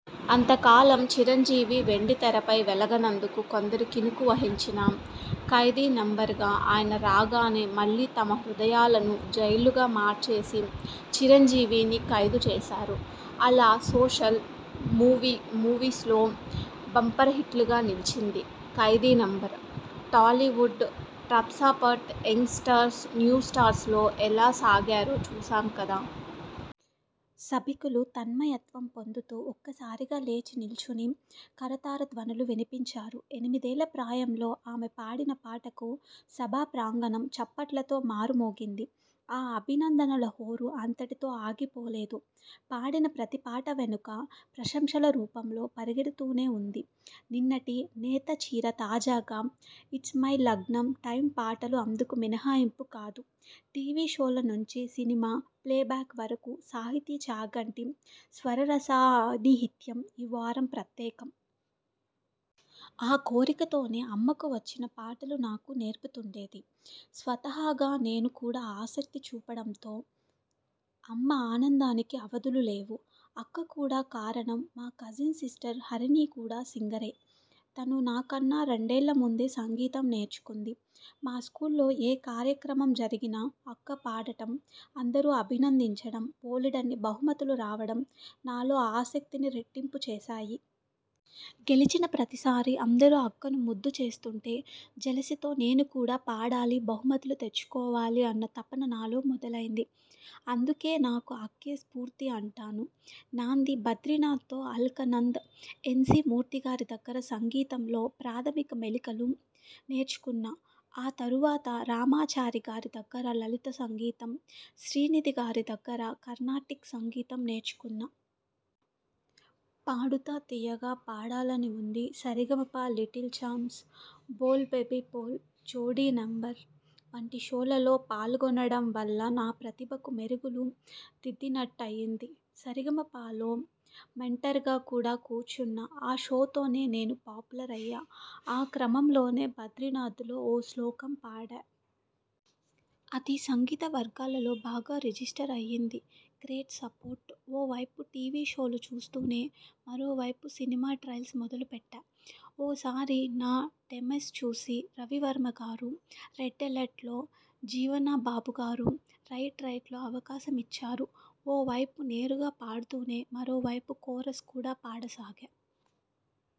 అంత కాలం చిరంజీవి వెండితెరపై వెలగనందుకు కొందరు కినుక వహించినా, 'ఖైదీ నంబర్ 'గా ఆయన రాగానే మళ్ళీ తమ హృదయాలను జైళ్ళుగా మార్చేసి, చిరంజీవిని ఖైదు చేశారు. అలా సోషల్ మూవీస్లో బంపర్ హిట్గా నిలచింది 'Khaidi number '. Tollywood top stars, young stars, new stars లో ఎలా సాగారో చూశాం కదా. సభికులు తన్మయత్వం పొందుతూ ఒక్కసారిగా లేచి నిలుచుని కరతాళధ్వనులు వినిపించారు. ఎనిమిదేళ్ల ప్రాయంలో ఆమె పాడిన పాటకు సభా ప్రాంగణం చప్పట్లతో మారుమోగింది. ఆ అభినందనల హోరు అంతటితో ఆగిపోలేదు. పాడిన ప్రతిపాట వెనుకా ప్రశంసల రూపంలో పరిగెత్తుతూనే ఉంది. నిన్నటి 'నేతచీర ', తాజాగా 'ఇట్స్ మై లగ్గం టైమ్' పాటలూ అందుకు మినహాయింపు కాదు టీవీ షోల నుంచి సినిమా ప్లేబ్యాక్ వరకు సాహితీ చాగంటి స్వరసాన్నిహిత్యం ఈవారం ప్రత్యేకం. ఆ కోరికతోనే, అమ్మకు వచ్చిన పాటలు నాకు నేర్పుతుండేది. స్వతహాగా నేను కూడా ఆసక్తి చూపడంతో అమ్మ ఆనందానికి అవధుల్లేవు. అక్క కూడా కారణం మా కజిన్ సిస్టర్ హరిణి కూడా సింగరే. తను నాకన్నా రెండేళ్ల ముందే సంగీతం నేర్చుకుంది. మా స్కూల్లో ఏ కార్యక్రమం జరిగినా అక్క పాడటం, అందరూ అభినందించడం, బోలెడన్ని బహుమతులు రావడం నాలో ఆసక్తిని రెట్టింపు చేశాయి. గెలిచిన ప్రతిసారీ అందరూ అక్కని ముద్దు చేస్తుంటే జెలసీతో 'నేను కూడా పాడాలి బహుమతులు తెచ్చుకోవాలి' అన్న తపన నాలో మొదలైంది. అందుకే నాకు అక్కే స్ఫూర్తి అంటాను. నాంది 'బద్రినాథ్'తో! అలక్నంద్, ఎన్. సి. మూర్తిగారి దగ్గర సంగీతంలో ప్రాథమిక మెలకువలు తెలుసుకున్నా. ఆ తర్వాత రామాచారిగారి దగ్గర లలిత సంగీతం, శ్రీనిధిగారి దగ్గర కర్ణాటిక్ సంగీతం నేర్చుకున్నా. 'Paadutha Theeyaga', 'Paadalani Undi', 'Sa Re Ga Ma Pa little champs', 'Bol baby Bol', 'Jodi నం. ' వంటి షోలలో పాల్గొనడం వల్ల నా ప్రతిభకు మెరుగులు దిద్దినట్టయింది. 'సరిగమప'లో మెంటర్గా కూడా కూర్చొన్నా. ఆ షోతోనే నేను పాపులర్ అయ్యా. ఆ క్రమంలోనే 'బద్రినాథ్'లో ఓ శ్లోకం పాడా. అది సంగీతవర్గాల్లో బాగా రిజిస్టర్ అయింది. Great support! ఓ వైపు టీవీ షోలు చేస్తూనే, మరోవైపు సినిమా ట్రయల్స్ మొదలుపెట్టా. ఓ సారి నా డెమోస్ చూసి రవివర్మగారు 'రెడ్ ఎలర్ట్'లో, జీవన్బాబుగారు 'రైట్ రైట్'లో అవకాశమిచ్చారు. ఓ వైపు నేరుగా పాడుతూనే, మరోవైపు కోరస్ కూడా పాడసాగా.